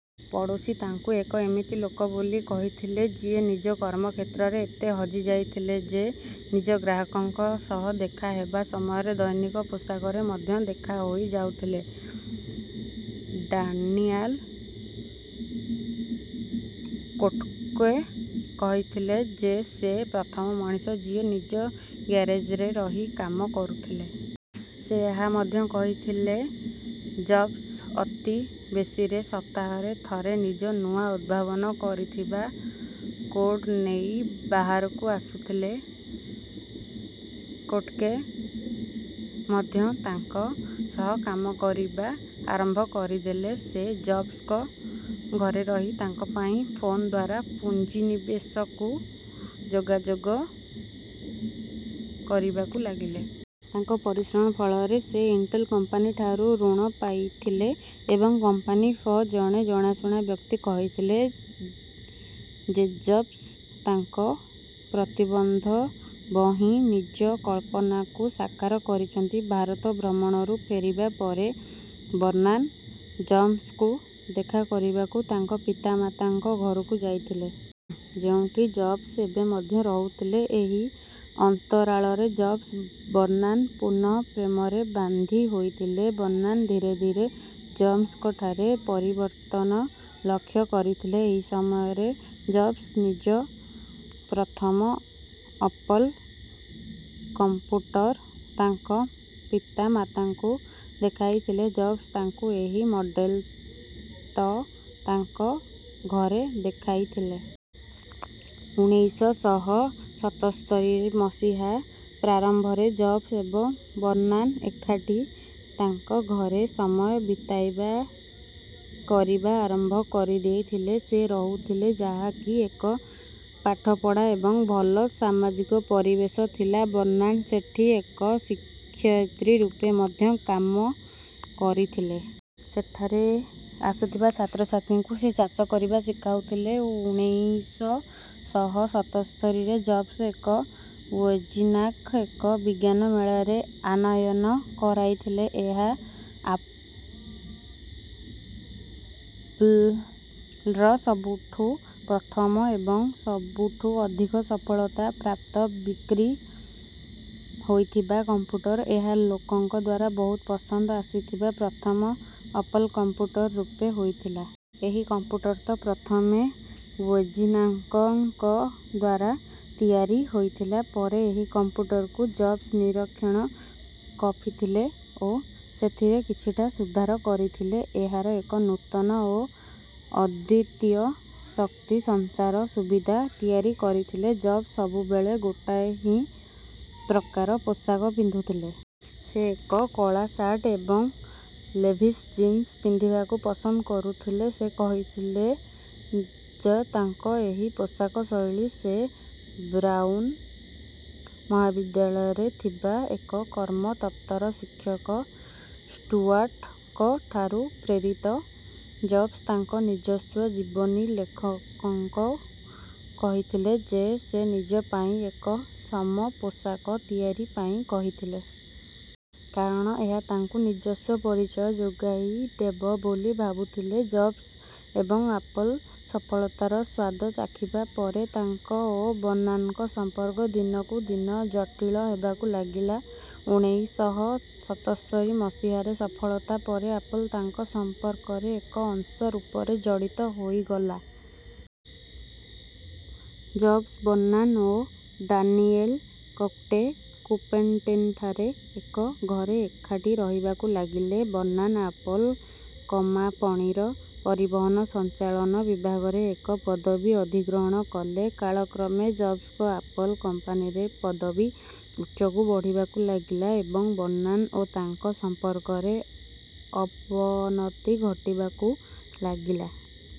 ପଡୋଶୀ ତାଙ୍କୁ ଏକ ଏମିତି ଲୋକ ବୋଲି କହିଥିଲେଯିଏ ନିଜ କର୍ମ କ୍ଷେତ୍ରରେ ଏତେ ହଜିଯାଇଥିଲେ ଯେ ନିଜ ଗ୍ରାହକଙ୍କ ସହ ଦେଖା ହେବ ସମୟରେ ଦୈନିକ ପୋଷାକରେ ମଧ୍ୟ ଦେଖା ହୋଇ ଯାଉଥିଲେ। ଡାନିଆଲ କୋଟ୍କେ କହିଲେ ଯେ ସେ ପ୍ରଥମ ମଣିଷ ଯିଏ ନିଜ ଗ୍ୟାରେଜରେ ରହି କାମ କରୁଥିଲେ। ସେ ଏହା ମଧ୍ୟ କହିଥିଲେ ଜବ୍ସ ଅତି ବେଶିରେ ସପ୍ତାହରେ ଥରେ ନିଜ ନୂଆ ଉଦ୍ଭାବନ କରିଥିବା କୋଡ ନେଇ ବାହାରକୁ ଆସୁଥିଲେ। କୋଟକେ ମଧ୍ୟ ତାଙ୍କ ସହ କାମ କରିବା ଆରମ୍ଭ କରିଦେଲେ। ସେ ଜବ୍ସଙ୍କ ଘରେ ରହି ତାଙ୍କ ପାଇଁ ଫୋନଦ୍ୱାରା ପୁଞ୍ଜିନିବେଷକଙ୍କୁ ଯୋଗାଯୋଗ କରିବାକୁ ଲାଗିଲେ। ତାଙ୍କ ପରିଶ୍ରମ ଫଳରେ ସେ ଇଣ୍ଟେଲ କମ୍ପାନୀ ଠାରୁ ଋଣ ପାଇଥିଲେ। ଏବଂ କମ୍ପାନୀ ଫ ଜଣେ ଜଣାଶୁଣା ବ୍ୟକ୍ତି କହିଥିଲେ ଯେଜବ୍ସ ତାଙ୍କ ପ୍ରତିବନ୍ଧ ଭହିଁ ନିଜ କଳ୍ପନାକୁ ସାକାର କରିଛନ୍ତି। ଭାରତ ଭ୍ରମଣରୁ ଫେରିବା ପରେ ବର୍ନାନ ଜବ୍ସଙ୍କୁ ଦେଖା କରିବାକୁ ତାଙ୍କ ମତାପିତାଙ୍କ ଘରକୁ ଯାଇଥିଲେ। ଯେଉଁଠି ଜବ୍ସ ଏବେ ମଧ୍ୟ ରହୁଥିଲେ। ଏହି ଅନ୍ତରାଳରେ ଜବ୍ସ ବର୍ନାନ ପୁନଃ ପ୍ରେମରେ ବାନ୍ଧି ହୋଇଥିଲେ। ବର୍ନାନ ଧୀରେ ଧୀରେ ଜବ୍ସଙ୍କଠାରେ ପରିବର୍ତ୍ତନ ଲକ୍ଷ କରିଥିଲେ। ଏହି ସମୟରେ ଜବ୍ସ ନିଜ ପ୍ରଥମ ଅପଲ୍ କଂପୁଟର ତାଙ୍କ ପିତା ମାତାଙ୍କୁ ଦେଖାଇଥିଲେ। ଜବ୍ସ ତାଙ୍କୁ ଏହି ମଡେଲ ତ ତାଙ୍କ ଘରେ ଦେଖାଇଥିଲେ। ଉଣେଇଶ ଶହ ସତସ୍ତରୀରେ ମସିହା ପ୍ରାରମ୍ଭରେ ଜବ୍ସ ଏବଂ ବର୍ନାନ ଏକାଠି ତାଙ ଘରେ ସମୟ ବିତାଇବା କରିବା ଆରମ୍ଭ କରିଦେଇଥିଲେ। ସେ ରହୁଥିଲେ ଯାହା କି ଏକ ପାଠପଢ଼ା ଏବଂ ଭଲ ସାମାଜିକ ପରିବେଶ ଥିଲା। ବର୍ନାନ ସେଠୀ ଏକ ଶିକ୍ଷୟତ୍ରୀ ରୂପେ ମଧ୍ୟ କାମ କରିଥିଲେ। ସେଠାରେ ଆସୁଥିବା ଛାତ୍ରଛାତ୍ରୀଙ୍କୁ ସେ ଚାଷ କରିବା ଶିଖାଉଥିଲେ। ଉଣେଇଶ ଶହ ସତସ୍ତରୀରେ ଜବ୍ସ ଏବଂ ୱଜିନାକ ଏକ ବିଜ୍ଞାନମେଳାରେ ଆନୟନ କରାଇଥିଲେ। ଏହା ଆପଲ୍ର ସବୁଠୁ ପ୍ରଥମ ଏବଂ ସବୁଠୁ ଅଧିକ ସଫଳତା ପ୍ରାପ୍ତ ବିକ୍ରି ହୋଇଥିବା କମ୍ପୁଟର । ଏହା ଲୋକଙ୍କଦ୍ୱାରା ବହୁତ ପସନ୍ଦ ଆସିଥିବା ପ୍ରଥମ ଅପଲ୍ କମ୍ପୁଟର ରୂପେ ହୋଇଥିଲା। ଏହି କମ୍ପୁଟର ତ ପ୍ରଥମେ ୱଜିନାଙ୍କଙ୍କଦ୍ୱାରା ତିଆରି ହୋଇଥିଲା। ପରେ ଏହି କମ୍ପୁଟରକୁ ଜବ୍ସ ନିରୀକ୍ଷଣ କଫିଥିଲେ ଓ ସେଥିରେ କିଛିଟା ସୁଧର କରିଥିଲେ। ଏହାର ଏକ ନୂତନ ଓ ଅଦ୍ୟିତୀୟ ଶକ୍ତି ସଂଚାର ସୁବିଧା ତିଆରି କରିଥିଲେ ଜବ୍ସ ସବୁ ବେଳେ ଗୋଟିଏ ହିଁ ପ୍ରକାର ପୋଷାକ ପିନ୍ଧୁଥିଲେ। ସେ ଏକ କଳା ସାର୍ଟ ଏବଂ ଲେଭିସ ଜିନ୍ସ ପିନ୍ଧିବାକୁ ପସନ୍ଦ କରୁଥଲେ। ସେ କହିଥିଲେ ଯ୍ ତାଙ୍କ ଏହି ପୋଷାକ ଶୈଳୀ ସେ ବ୍ରାଉନ ମହାବିଦ୍ୟାଳୟରେ ଥିବା ଏକ କର୍ମ ତତ୍ପର ଶିକ୍ଷକ ଷ୍ଟୁଆର୍ଟଙ୍କ ଠାରୁ ପ୍ରେରିିତ। ଜବ୍ସ ତାଙ୍କ ନିଜସ୍ୱ ଜୀବନୀଲେଖକଙ୍କୁ କହିଥିଲେ ଯେ ସେ ନିଜ ପାଇଁ ଏକ ସମପୋଷାକ ତିଆରି ପାଇଁ କହିଥିଲେ। କାରଣ ଏହା ତାଙ୍କୁ ନିଜସ୍ୱ ପରିଚୟ ଯୋଗାଇ ଦେବ ବୋଲି ଭାବୁଥିଲେ। ଜବ୍ସ ଏବଂ ଆପଲ୍ ସଫଳତାର ସ୍ୱାଦ ଚାଖିବା ପରେତାଙ୍କ ଓ ବର୍ନାନଙ୍କ ସମ୍ପର୍କ ଦିନକୁ ଦିନ ଜଟିଳ ହେବକୁ ଲାଗିଲା। ଉଣେଇଶ ଶହ ସତସ୍ତରୀ ମସିହାରେ ସଫଳତା ପରେ ଆପଲ୍ ତାଙ୍କ ସମ୍ପର୍କର ଏକ ଅଂଶ ରୂପରେ ଜଡ଼ିତ ହୋଇ ଗଲା। ଜବ୍ସବର୍ନାନ ଓ ଡାନିଏଲ କୋଟ୍କେ କୁପେର୍ଟିନଠାରେ ଏକ ଘରେ ଏକାଠି ରହିବାକୁ ଲାଗିଲେ। ବର୍ନାନ ଆପଲ୍ କମାପଣିର ପରିବହନ ସଂଚାଳନ ବିଭାଗରେ ଏକ ପଦବୀ ଅଧିଗ୍ରହଣ କଲେ। କାଳ କ୍ରମେ ଜବ୍ସଙ୍କ ଆପଲ୍ କମ୍ପାନୀରେ ପଦବୀ ଉଚ୍ଚକୁ ବଢ଼ିବାକୁ ଲାଗିଲା ଏବଂ ବର୍ନାନ ଓ ତାଙ୍କ ସମ୍ପର୍କରେ ଅବନତି ଘଟିବାକୁ ଲାଗିଲା।